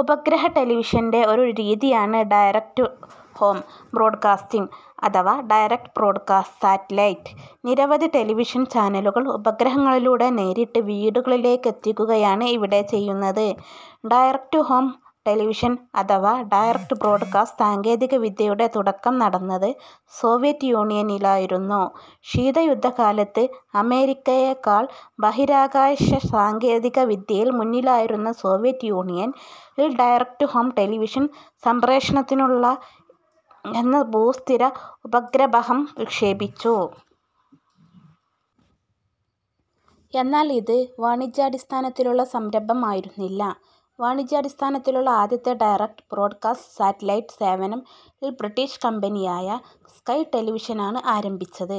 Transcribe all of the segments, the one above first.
ഉപഗ്രഹ ടെലിവിഷന്റെ ഒരു രീതിയാണ് ഡയറക്ട്-ടു-ഹോം ബ്രോഡ്കാസ്റ്റിംഗ് അഥവ ഡയറക്ട് ബ്രോഡ്കാസ്റ്റ് സാറ്റലൈറ്റ്. നിരവധി ടെലിവിഷൻ ചാനലുകൾ ഉപഗ്രഹങ്ങളിലൂടെ നേരിട്ട് വീടുകളിലേക്കെത്തിക്കുകയാണ് ഇവിടെ ചെയ്യുന്നത്. ഡയറക്ട്-ടു-ഹോം ടെലിവിഷൻ അഥവാ ഡയറക്ട് ബ്രോഡ്കാസ്റ്റ് സാങ്കേതിക വിദ്യയുടെ തുടക്കം നടന്നത് സോവിയറ്റ് യൂണിയനിലായിരുന്നു. ശീതയുദ്ധകാലത്ത് അമേരിക്കയേക്കാൾ ബഹിരാകാശ സാങ്കേതിക വിദ്യയിൽ മുന്നിലായിരുന്ന സോവിയറ്റ് യൂണിയൻ -ൽ ഡയറക്ട്-ടു-ഹോം ടെലിവിഷൻ സംപ്രേഷണത്തിനുള്ള എന്ന ഭൂസ്ഥിര ഉപഗ്രബഹം വിക്ഷേപിച്ചു. എന്നാൽ ഇത് വാണിജ്യാടിസ്ഥാനത്തിലുള്ള സംരംഭം ആയിരുന്നില്ല. വാണിജ്യാടിസ്ഥാനത്തിലുള്ള ആദ്യത്തെ ഡയറക്ട് ബ്രോഡ്കാസ്റ്റ് സാറ്റലൈറ്റ് സേവനം -ൽ ബ്രിട്ടീഷ് കമ്പനിയായ സ്കൈ ടെലിവിഷനാണ് ആരംഭിച്ചത്.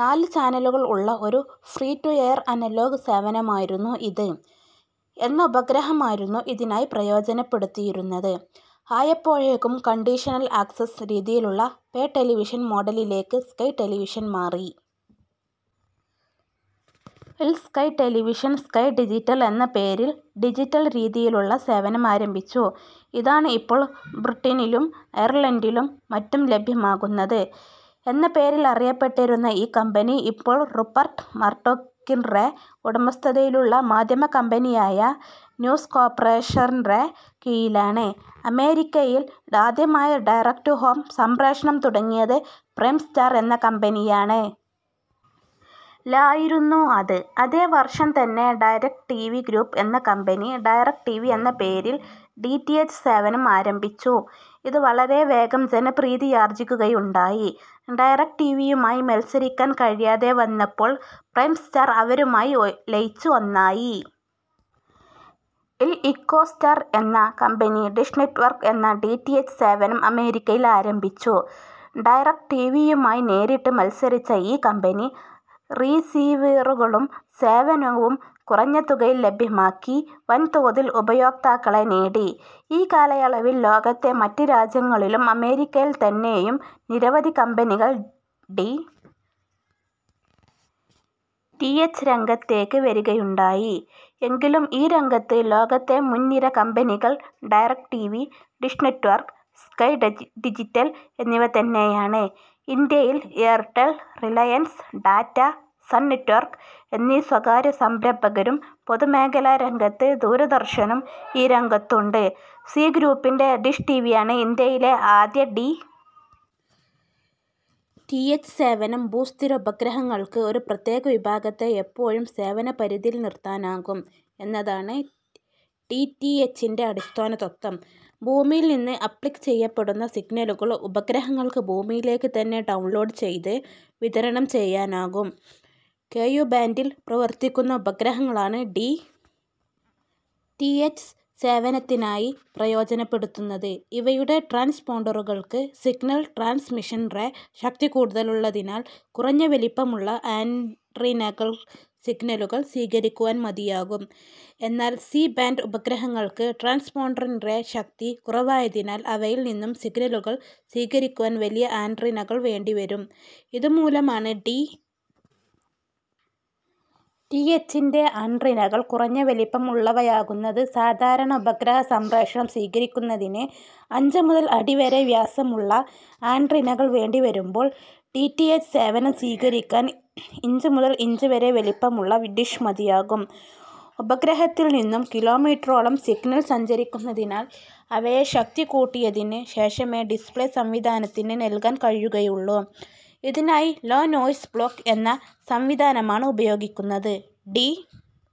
നാല് ചാനലുകൾ ഉള്ള ഒരു ഫ്രീ ടു-എയർ-അനലോഗ് സേവനമായിരുന്നു ഇത്. എന്ന ഉപഗ്രഹമായിരുന്നു ഇതിനായി പ്രയോജനപ്പെടുത്തിയിരുന്നത്. ആയപ്പോഴേക്കും കണ്ടീഷണൽ ആക്സ്സസ് രീതിയിലുള്ള പേ ടെലിവിഷൻ മോഡലിലേക്ക് സ്കൈ ടെലിവിഷൻ മാറി. -ൽ സ്കൈ ടെലിവിഷൻ, സ്കൈ ഡിജിറ്റൽ എന്ന പേരിൽ ഡിജിറ്റൽ രീതിയിലുള്ള സേവനം ആരംഭിച്ചു. ഇതാണ് ഇപ്പോൾ ബ്രിട്ടനിലും അയർലണ്ടിലും മറ്റും ലഭ്യമാകുന്നത്. എന്ന പേരിൽ അറിയപ്പെട്ടിരുന്ന ഈ കമ്പനി ഇപ്പോൾ റുപ്പർട്ട് മർഡോക്കിൻറെ ഉടമസ്ഥതയിലുള്ള മാധ്യമ കമ്പനിയായ ന്യൂസ് കോർപ്പറേഷൻറെ കീഴിലാണ്. അമേരിക്കയിൽ ആദ്യമായി ഡയറക്ട്-ടു-ഹോം സംപ്രേഷണം തുടങ്ങിയത് പ്രൈം സ്റ്റാർ എന്ന കമ്പനിയാണ്. -ലായിരുന്നു അത്. അതേ വർഷം തന്നെ ഡയറക്ട് ടിവി ഗ്രൂപ്പ് എന്ന കമ്പനി ഡയറക് ടിവി എന്ന പേരിൽ ഡി. റ്റി. എച്ച്. സേവനം ആരംഭിച്ചു. ഇത് വളരെ വേഗം ജനപ്രീതിയാർജ്ജിക്കുകയുണ്ടായി. ഡയറക്ട് ടിവിയുമായി മത്സരിക്കാൻ കഴിയാതെ വന്നപ്പോൾ പ്രൈം സ്റ്റാർ അവരുമായി ലയിച്ച് ഒന്നായി. -ൽ ഇക്കോസ്റ്റാർ എന്ന കമ്പനി ഡിഷ് നെറ്റ്വർക്ക് എന്ന ഡി. റ്റി. എച്ച്. സേവനം അമേരിക്കയിൽ ആരംഭിച്ചു. ഡയറക്ട് ടിവിയുമായി നേരിട്ട് മത്സരിച്ച ഈ കമ്പനി റീസിവറുകളും സേവനവും കുറഞ്ഞ തുകയിൽ ലഭ്യമാക്കി വൻതോതിൽ ഉപയോക്താക്കളെ നേടി. ഈ കാലയളവിൽ ലോകത്തെ മറ്റ് രാജ്യങ്ങളിലും അമേരിക്കയിൽ തന്നെയും നിരവധി കമ്പനികൾ ഡി. റ്റി. എച്ച്. രംഗത്തേക്ക് വരികയുണ്ടായി. എങ്കിലും ഈ രംഗത്ത് ലോകത്തെ മുൻനിര കമ്പനികൾ Direct TV, Dish Network, Sky Digital എന്നിവ തന്നെയാണ്. ഇന്ത്യയിൽ Airtel, Reliance, Tata, Sun Network എന്നീ സ്വകാര്യ സംരംഭകരും പൊതുമേഖലാ രംഗത്ത് ദൂരദർശനും ഈ രംഗത്തുണ്ട്. സീ ഗ്രൂപ്പിൻറെ ഡിഷ് ടിവിയാണ് ഇന്ത്യയിലെ ആദ്യ ഡി. റ്റി. എച്ച്. സേവനം. ഭൂസ്ഥിര ഉപഗ്രഹങ്ങൾക്ക് ഒരു പ്രത്യേക വിഭാഗത്തെ എപ്പോഴും സേവനപരിധിയിൽ നിർത്താനാകും എന്നതാണ് ഡി. റ്റി. എച്ചിൻറെ അടിസ്ഥാനതത്വം.. ഭൂമിയിൽ നിന്ന് അപ്ലിങ്ക് ചെയ്യപ്പെടുന്ന സിഗ്നലുകൾ ഉപഗ്രഹങ്ങൾക്ക് ഭൂമിയിലേക്ക് തന്നെ ഡൌൺലോഡ് ചെയ്ത് വിതരണം ചെയ്യാനാകും. കെയു ബാൻഡിൽ പ്രവർത്തിക്കുന്ന ഉപഗ്രഹങ്ങളാണ് ഡി. റ്റി. എച്ച്. സേവനത്തിനായി പ്രയോജനപ്പെടുത്തുന്നത്. ഇവയുടെ ട്രാൻസ്പോണ്ടറുകൾക്ക് സിഗ്നൽ ട്രാൻസ്മിഷൻറെ ശക്തി കൂടുതലുള്ളതിനാൽ കുറഞ്ഞ വലിപ്പമുള്ള ആൻറിനകൾ സിഗ്നലുകൾ സ്വീകരിക്കുവാൻ മതിയാകും. എന്നാൽ സി-ബാൻഡ് ഉപഗ്രഹങ്ങൾക്ക് ട്രാൻസ്പോണ്ടറിൻറെ ശക്തി കുറവായതിനാൽ അവയിൽ നിന്നും സിഗ്നലുകൾ സ്വീകരിക്കുവാൻ വലിയ ആൻറിനകൾ വേണ്ടി വരും. ഇതു മൂലമാണ് ഡി. റ്റി. എച്ചിൻറെ ആൻറിനകൾ കുറഞ്ഞ വലിപ്പം ഉള്ളവയാകുന്നത്. സാധാരണ ഉപഗ്രഹ സംപ്രേഷണം സ്വീകരിക്കുന്നതിന് അഞ്ച് മുതൽ അടി വരെ വ്യാസമുളള ആൻറിനകൾ വേണ്ടി വരുമ്പോൾ ഡി. റ്റി. എച്ച്. സേവനം സ്വീകരിക്കാൻ ഇഞ്ച് മുതൽ ഇഞ്ച് വരെ വലിപ്പമുള്ള ഡിഷ് മതിയാകും. ഉപഗ്രഹത്തിൽ നിന്നും കിലോമീറ്ററോളം സിഗ്നൽ സഞ്ചരിക്കുന്നതിനാൽ അവയെ ശക്തി കൂട്ടിയതിന് ശേഷമേ ഡിസ്പ്ലേ സംവിധാനത്തിന് നൽകാൻ കഴിയുകയുള്ളു. ഇതിനായി ലോ നോയിസ് ബ്ലോക്ക് എന്ന സംവിധാനമാണ് ഉപയോഗിക്കുന്നത്. ഡി.